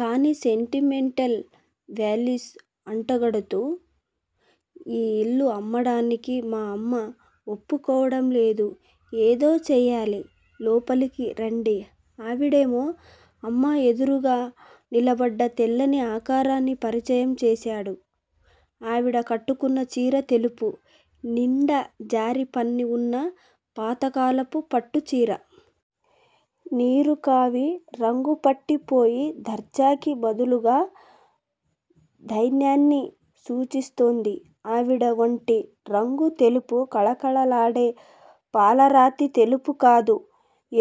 కాని sentimental values అంటగడుతూ ఈ ఇల్లు అమ్మడానికి మా అమ్మ వొప్పుకోవడం లేదు. ఏదో చెయ్యాలి లోపలికి రండి ఆవిడేమో అమ్మ ఎదురుగా నిలబడ్డ తెల్లని ఆకారాన్ని పరిచయం చేశాడు ఆవిడ కట్టుకున్న చీర తెలుపు. నిండా జరి పని వున్న పాతకాలపు పట్టు చీర. నిరుకావి రంగుపట్టి పోయి దర్జాకి బదులుగా దైన్యాన్ని సూచిస్తోంది. ఆవిడ వొంటి రంగు తెలుపు కళకళలాడే పాలరాతి తెలుపు కాదు.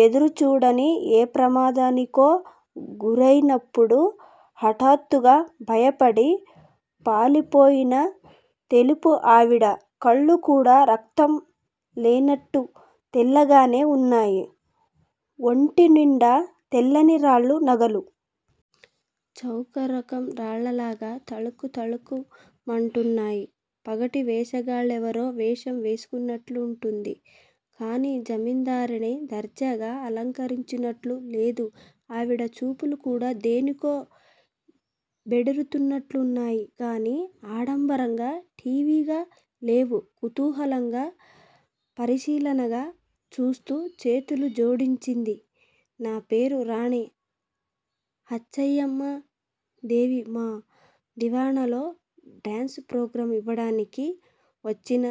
ఎదురుచూడని ఏ ప్రమాదానికో గురైనప్పుడు హటాత్తుగా భయపడి పాలిపోయిన తెలుపు ఆవిడ కళ్ళు కూడా రక్తం లేనట్టు తెల్లగానే వున్నాయి. వొంటి నిండా తెల్లని రాళ్ళ నగలు. చౌకరకం రాళ్ళలాగా తళుక్కు తళుక్కు మంటున్నాయి. పగటి వేషగాళ్ళేవరో వేషం వేసుకున్నట్లువుంది గానీ జమిందారిణి దర్జాగా అలంకరించుకున్నట్లు లేదు. ఆవిడ చూపులు కూడా దేనికో బెడురుతున్నట్లున్నాయి గాని, ఆడంబరంగా, ఠీవిగా లేవు కుతూహలంగా పరిశీలనగా చూస్తూ చేతులు జోడించింది. నాపేరు రాణి అచ్చయ్యమ్మా దేవి మా దివాణాలో డాన్సు ప్రోగ్రాం ఇవడానికి వచ్చిన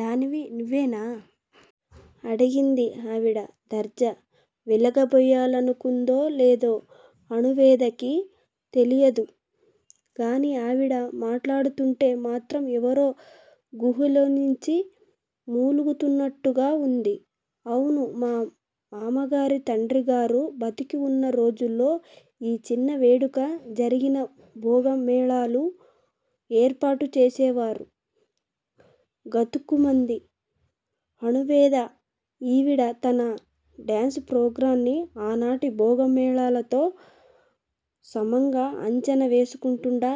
దానివి నువేనా? అడిగింది ఆవిడ. దర్జా వోలకబోయ్యాలనుకుందో లేదో అణువేదకి తెలియలేదు గాని ఆవిడ మాట్లాడుతుంటే మాత్రం ఎవరో గుహలోంచి మూలుగుతున్నట్టుగా వుంది. అవును మా మామగారి తండ్రిగారు బతికి వున్న రోజుల్లో యి చిన్న వేడుక జరిగినా భోగం మేళాలు ఏర్పాటు చేసేవారు. గతుక్కుమంది అణువేద. ఈవిడ తన డాన్సు ప్రోగ్రాంని ఆనాటి బోగం మేళాలతో సమంగా అంచనా వేసుకుంటుండా?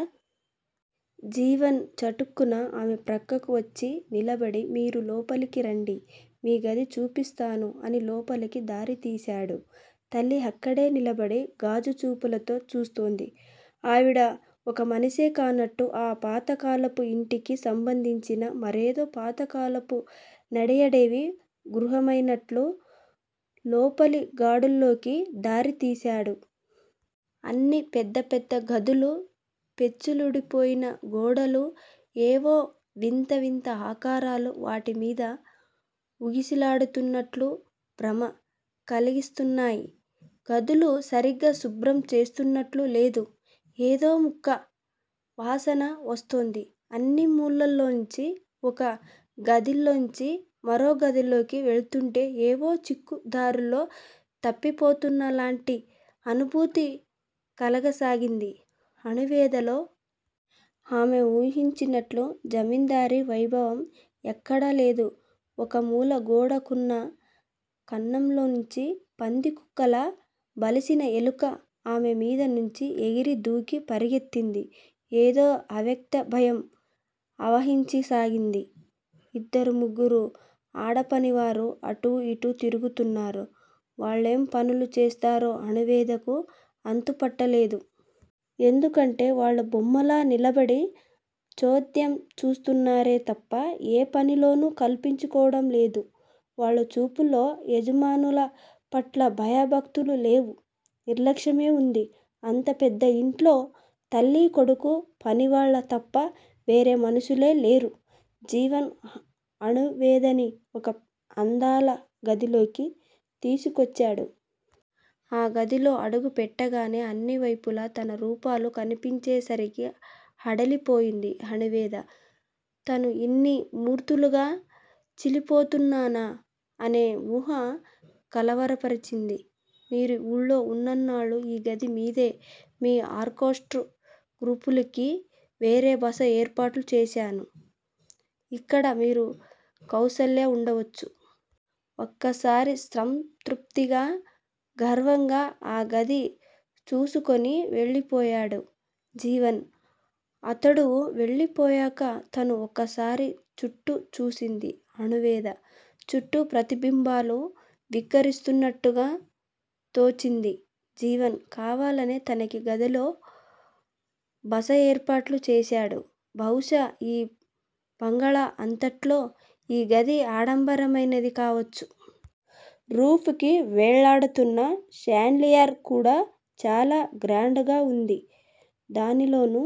జీవన్ చటుక్కున ఆమె ప్రక్కకి వొచ్చి నిలబడి మీరు లోపలికి రండి మీ గది చూపిస్తాను అని లోపలికి దారి తీశాడు. తల్లి అక్కడే నిలబడి గాజు చూపులతో చూస్తోంది. ఆవిడ ఒకమనిషె కానట్టు ఆ పాతకాలపు యింటికి సంబంధించిన మరేదో పాతకాలపు నడియాడేవి గ్రహమైనట్లు లోపలిగాడుల్లోకి దారి తీశాడు. అన్నీ పెద్ద పెద్ద గదులు, పెచ్చులుడిపోయిన గోడలు యేవో వింత వింత ఆకారాలు వాటి మీద ఊగిసలాడుతున్నట్లు భ్రమ కలిగిస్తున్నాయి. గదులు సరిగా శుభ్రం చేస్తున్నట్లు లేదు. ఏదో ముక్కు వాసన వొస్తోంది అన్నీ ములల్లోంచి. ఒక గదిలోంచి మరో గదిలోకి వెళ్తుంటే ఏవో చిక్కు దారుల్లో తప్పిపోతున్నలాంటి అనుభూతి కలగాసాగింది అణువేదలో. ఆమె ఊహించినట్లు జమిందారీ వైభవం ఎక్కడా లేదు. ఒక మూల గోడ కున్న కన్నంలోంచి పందికోక్కులా బలిసిన ఎలుక ఆమె మీద నుంచి ఎగిరి దూకి పరిగెత్తింది. ఏదో అవ్యక్త భయం ఆవహించసాగింది. ఇద్దరు ముగ్గురూ అడపనివారు అటూ ఇటూ తిరుగుతున్నారు వాళ్ళెం పనులు చేస్తారో అణువేదకు అంతుపట్టలేదు. ఎందుకంటే వాళ్ళు బొమ్మల్లా నిలబడి చోద్యం చూస్తున్నారే తప్ప ఏ పనిలోనూ కల్పించుకోవడం లేదు. వాళ్ళ చూపుల్లో యజమానుల పట్ల భయభక్తులు లేవు. నిర్లక్ష్యమే వుంది. అంత పెద్ద యింట్లో తల్లి కొడుకు పనివాళ్ళు తప్ప వేరే మనుషులే లేరు. జీవన్ అణువేదని ఒక అద్దాల గదిలోకి తీసుకొచ్చాడు. ఆ గదిలో అడుగు పెట్టగానే అన్నీ వైపులా తన రూపాలు కనిపించే సరికి హడలిపోయింది అణువేద. తను ఇన్ని మూర్తులుగా చిలీపోబోతున్నానా- అనే వూహ కలవరపరిచింది. మీరి వూళ్ళో వున్నన్నాళ్ళు ఈ గది మీదే. మీ ఆర్కెస్ట్రా గ్రూపుకి వేరే బస ఏర్పాటు చేశాను. ఇక్కడ మీరు కౌసల్య వుండొచ్చు. ఒక్కసారి సంతృప్తిగా గర్వంగా ఆ గది చూసుకొని వెళ్లిపోయాడు జీవన్. అతడు వెళ్ళిపోయాక తనూ ఒకసారి చుట్టూ చూసింది అణువేద. చుట్టూ ప్రతిబింబాలు వెక్కిరిస్తున్నట్టుగా తోచింది. జీవన్ కావాలనే తనకి గదిలో బస యేర్పాటు చేశాడు. బహుశా యీ బంగాళా అంతట్లో యీ గది ఆడంబరమైనది కావచ్చు. రూఫ్ కి వెళ్ళాడుతున్న షాండ్లియర్ కూడా చాలా గ్రాండ్ గా వుంది. దానిలోనూ